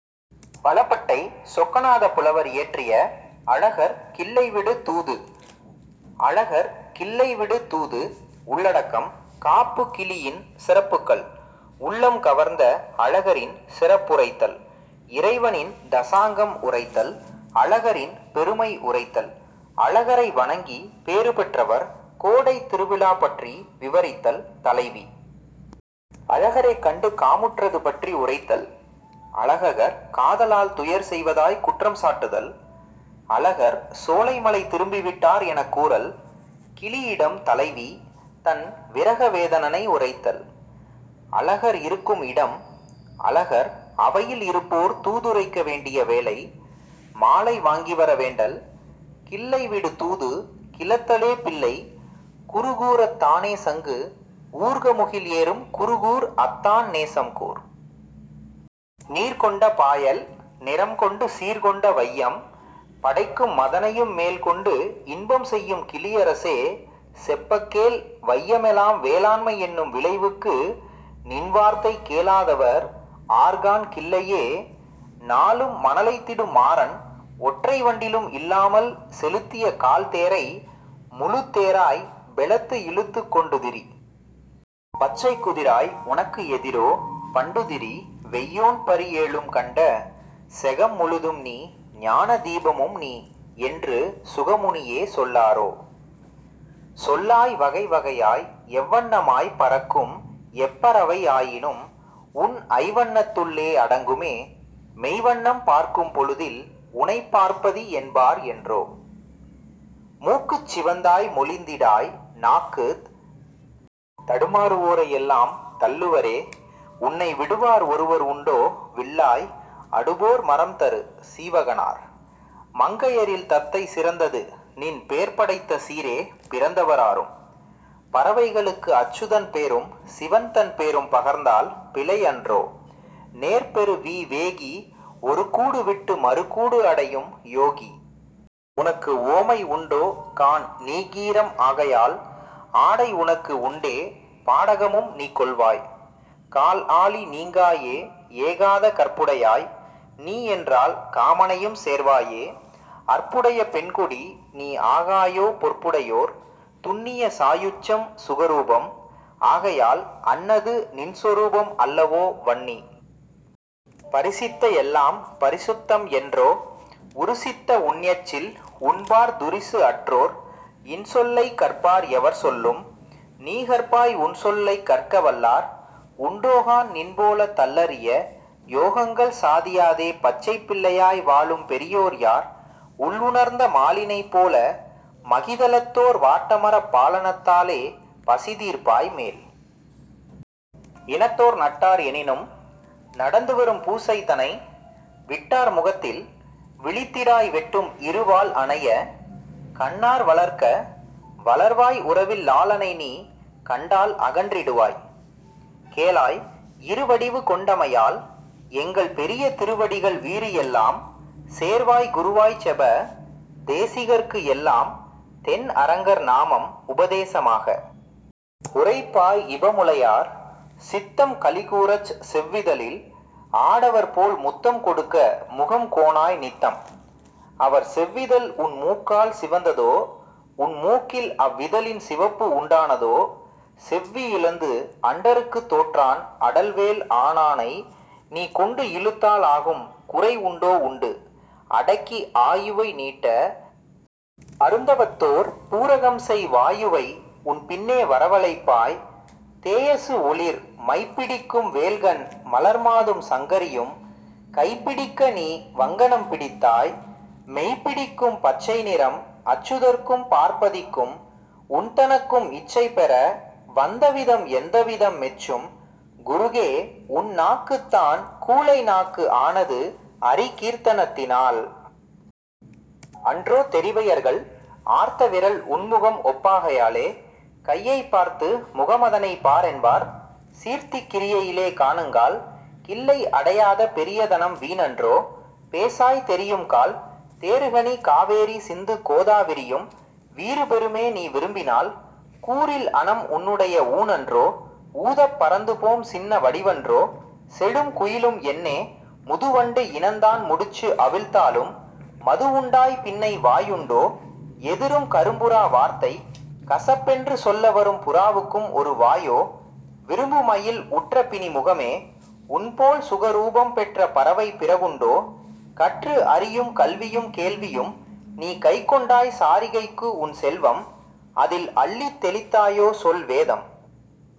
பலபட்டை சொக்கநாதப் புலவர் இயற்றிய அழகர் கிள்ளை விடு தூது அழகர் கிள்ளை விடுதூது உள்ளடக்கம் காப்பு கிளியின் சிறப்புகள் உள்ளம் கவர்ந்த அழகரின் சிறப்புரைத்தல் இறைவனின் தசாங்கம் உரைத்தல் அழகரின் பெருமை உரைத்தல் அழகரை வணங்கி பேறு பெற்றவர் கோடைத் திருவிழாபற்றி விவரித்தல் தலைவி அழகரைக் கண்டு காமுற்றது பற்றி உரைத்தல் அழகர் காதலால் துயர் செய்வதாய்க் குற்றம் சாட்டுதல் அழகர் சோலைமலை திரும்பிவிட்டார் எனக் கூறல் கிளியிடம் தலைவி தன் விரக வேதனை உரைத்தல் அழகர் இருக்கும் இடம் அழகர் அவையில் இருப்போர் தூதுரைக்க வேண்டிய வேளை மாலை வாங்கிவர வேண்டல் கிள்ளைவிடு தூது கிளத்தவே பிள்ளைக் குருகுஊரத் தானேசங்கு ஊர்கமுகில் ஏறும் குருகூர் அத்தான் நேசம் கூர். நீர்கொண்ட பாயல் நிறம்கொண்டு சீர்கொண்ட வையம் படைக்கும் மதனையும் மேல் கொண்டு இன்பம் செய்யும் கிளியரசே செப்பக்கேள் வையம்எலாம் வேளாண்மை என்னும் விளைவுக்கு நின்வார்த்தை கேளாதவர் ஆர்காண் கிள்ளையே நாளும் மனலைத்திடும் மாரன் ஒற்றை வண்டிலும் இல்லாமல் செலுத்திய கால்தேரை முழுத்தேராய் பெலத்து இழுத்துக் கொண்டுதிரி பச்சைக் குதிராய் உனக்கு எதிரோ பண்டுதிரி வெய்யோன் பரிஏழும் கண்ட செகம்முழுதும் நீ ஞானதீபமும் நீ என்று சுகமுனியே சொல்லாரோ சொல்லாய் வகைவகையாய் எவ்வண்ணமாய்ப் பறக்கும் எப்பறவை ஆயினும்உன் ஐவண்ணத்துள்ளே அடங்குமே மெய்வண்ணம் பார்க்கும்பொழுதில் உனைப் பார்ப்பதி என்பார் என்றோ மூக்குச் சிவந்தாய் மொழிந்திடாய் நாக்குத் தடுமாறுவோரை எல்லாம் தள்ளுவரே உன்னை விடுவார் ஒருவர் உண்டோ விள்ளாய் அடுபோர் மறம்தரு சீவகனார் மங்கையரில் தத்தை சிறந்ததுநின் பேர்படைத்த சீரே பிறந்தவர் ஆரும் பறவைகளுக்கு அச்சுதன் பேரும் சிவன்தன் பேரும் பகர்ந்தால் பிழைஅன்றோ நேர்பெறு வி வேகி ஒருகூடு விட்டு மறு கூடுஅடையும் யோகி உனக்கு உவமை உண்டோ காண் நீகீரம் ஆகையால் ஆடை உனக்கு உண்டே பாடகமும் நீ கொள்வாய் கால்ஆழி நீங்காயே ஏகாத கற்புடையாய் நீ என்றால் காமனையும் சேர்வாயே அற்புடைய பெண்கொடி நீ ஆகாயோ பொற்புடையோர் துன்னிய சாயுச்யம் சுகரூபம் ஆகையால் அன்னது நின்சொரூபம் அல்லவோ வன்னி பரிசித்த எல்லாம் பரிசுத்தம் என்றோ உருசித்த உன்எச்சில் உண்பார் துரிசு அற்றோர் இன்சொல்லைக் கற்பார் எவர்சொல்லும் நீகற்பாய் உன்சொல்லைக் கற்கவல்லார் உண்டோகாண் நின்போலத் தள்ளரிய யோகங்கள் சாதியாதே பச்சைப் பிள்ளையாய் வாழும் பெரியோர்யார் உள்உணர்ந்த மாலினைப் போல மகிதலத்தோர் வாட்டம்அறப் பாலனத்தாலே பசி தீர்ப்பாய் மேல் இனத்தோர் நட்டார் எனினும் நடந்துவரும் பூசைதனை விட்டார் முகத்தில் விழித்திடாய் வெட்டும் இரு வாள்அனைய கண்ணார் வளர்க்க வளர்வாய் உறவில் லாளனைநீ கண்டால் அகன்றிடுவாய் கேளாய் இருவடிவு கொண்டமையால் எங்கள் பெரிய திருவடிகள் வீறுஎல்லாம் சேர்வாய் குருவாய்ச் செப தேசிகர்க்கு எல்லாம் தென்அரங்கர் நாமம் உபதேசமாக உரைப்பாய் இபமுலையார் சித்தம் களிகூரச் செவ்விதழில் ஆடவர்போல் முத்தம் கொடுக்க முகம் கோணாய் நித்தம் அவர் செவ்விதழ்உன் மூக்கால் சிவந்ததோ உன்மூக்கில் அவ்விதழின் சிவப்பு உண்டானதோ செவ்வி இழந்து அண்டருக்குத் தோற்றான் அடல்வேள் ஆநானைநீ கொண்டு இழுத்தால் ஆகும் குறைஉண்டோ உண்டு அடக்கி ஆயுவை நீட்ட அருந்தவத்தோர் பூரகம்செய் வாயுவைஉன் பின்னே வரவழைப்பாய் தேயசு ஒளிர் மைப்பிடிக்கும் வேல்கண் மலர்மாதும் சங்கரியும் கைப்பிடிக்க நீ வங்கணம் பிடித்தாய் மெய்ப்பிடிக்கும் பச்சை நிறம் அச்சுதற்கும் பார்ப்பதிக்கும் உன்தனக்கும் இச்சைபெற வந்தவிதம் எந்தவிதம் மெச்சும் குருகே உன் நாக்குத்தான் கூழை நாக்கு ஆனது அரி கீர்த்தனத்தினால் அன்றோ தெரிவையர்கள் ஆர்த்த விரல் உன்முகம் ஒப்பாகையாலே கையைப் பார்த்து முகம்அதனைப் பார்என்பார் சீர்த்திக் கிரியையிலே காணுங்கால் கிள்ளை அடையாத பெரியதனம் வீண்அன்றோ பேசாய் தெரியும்கால் தேறுகனி காவேரி சிந்து கோதாவிரியும் வீறுபெறுமே நீ விரும்பினால் கூறில் அனம் உன்னுடைய ஊண்அன்றோ ஊதப் பறந்துபோம் சின்ன வடிவன்றோ செழும்குயிலும் என்னே முதுவண்டு இனந்தான் முடிச்சு அவிழ்த்தாலும் மதுஉண்டாய் பின்னை வாயுண்டோ எதிரும் கரும்புறா வார்த்தை கசப்பென்று சொல்ல வரும் புறாவுக்கும் ஒரு வாயோ விரும்புமயில் உற்ற பிணிமுகமே உன்போல் சுகரூபம் பெற்ற பறவை பிறவுண்டோ கற்று அறியும் கல்வியும் கேள்வியும் நீ கைக்கொண்டாய் சாரிகைக்குஉன் செல்வம் அதில் அள்ளித் தௌித்தாயோ சொல் வேதம்।